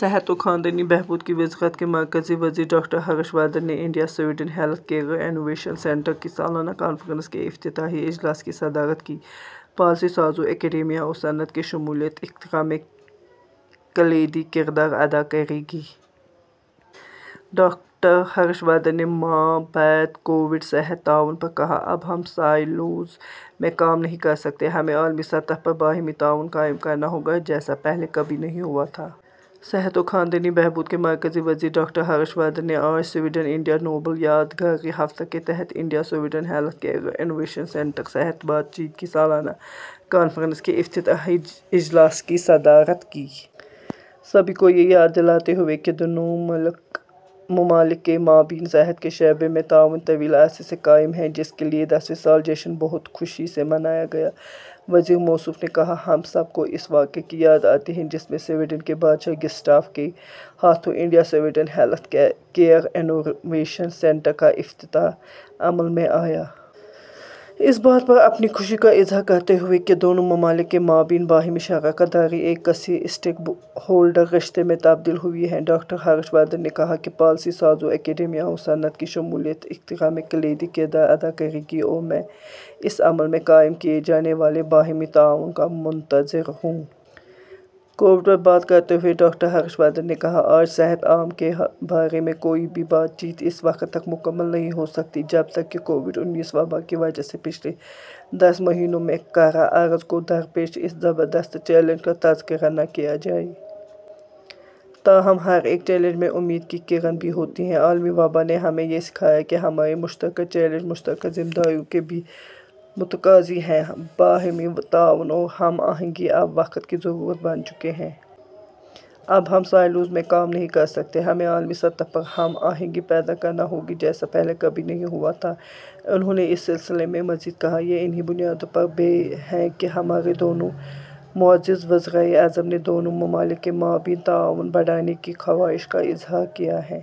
صحت اور خاندانی بہبود کی وزارت کے مرکزی وزیر ڈاکٹر ہرش وردھن نے India Sweden health care innovation centre کی سالانہ کانفرنس کے افتتاحی اجلاس کی صدارت کی۔ ’’پالیسی سازوں، اکیڈمیا اور صنعت کی شمولیت اختراع میں کلیدی کردار ادا کرے گی۔‘‘ ڈاکٹر ہرش وردھن نے مابعد کووڈ صحت تعاون پر کہا: ’’اب ہم سائلوز میں کام نہیں کر سکتے۔ ہمیں عالمی سطح پر باہمی تعاون قائم کرنا ہوگا جیسا پہلے کبھی نہیں ہوا تھا۔‘‘ صحت اور خاندانی بہبود کے مرکزی وزیر ڈاکٹر ہرش وردھن نے آج سویڈن انڈیا نوبل یادگاری ہفتہ کے تحت India Sweden health care innovation centre صحت بات چیت کی سالانہ کانفرنس کے افتتاحی اجلاس کی صدارت کی۔ سبھی کو یہ یاد دلاتے ہوئے کہ دونوں ممالک کے مابین صحت کے شعبے میں تعاون طویل عرصے سے قائم ہے، جس کے لیے دسویں سالہ جشن بہت خوشی سے منایا گیا، وزیر موصوف نے کہا، ’’ہم سب کو اس واقعہ کی یاد آتی ہے جس میں سویڈن کے بادشاہ گسٹاف کے ہاتھوں India Sweden health care innovation centre کا افتتاح عمل میں آیا۔‘‘ اس بات پر اپنی خوشی کا اظہار کرتے ہوئے کہ دونوں ممالک کے مابین باہمی شراکت داری ایک کثیر اسٹیک ہولڈر رشتے میں تبدیل ہوئی ہے، ڈاکٹر ہرش وردھن نے کہا کہ پالیسی سازوں، اکیڈمیا اور صنعت کی شمولیت اختراع میں کلیدی کردار ادا کرے گی اور میں اس عمل میں قائم کیے جانے والے باہمی تعاون کا منتظر ہوں۔ کووڈ پر بات کرتے ہوئے ڈاکٹر ہرش وردھن نے کہا، ’’آج صحت عامہ کے بارے میں کوئی بھی بات چیت اس وقت تک مکمل نہیں ہو سکتی جب تک کہ کووڈ انیس وبا کی وجہ سے پچھلے دس مہینوں میں کرۂ ارض کو درپیش اس زبردست چیلنج کا تذکرہ نہ کیا جائے۔ تاہم، ہر ایک چیلنج میں امید کی کرن بھی ہوتی ہے۔ عالمی وبا نے ہمیں یہ سکھایا ہے کہ ہمارے مشترکہ چیلنج مشترکہ ذمہ داریوں کے بھی متقاضی ہیں۔ باہمی تعاون اور ہم آہنگی اب وقت کی ضرورت بن چکے ہیں۔ اب ہم سائلوز میں کام نہیں کر سکتے۔ ہمیں عالمی سطح پر ہم آہنگی پیدا کرنا ہوگی جیسا پہلے کبھی نہیں ہوا تھا۔‘‘ انہوں نے اس سلسلے میں مزید کہا، ’’یہ انہی بنیادوں پر ہے کہ ہمارے دونوں معزز وزرائے اعظم نے دونوں ممالک کے مابین تعاون بڑھانے کی خواہش کا اظہار کیا ہے۔‘‘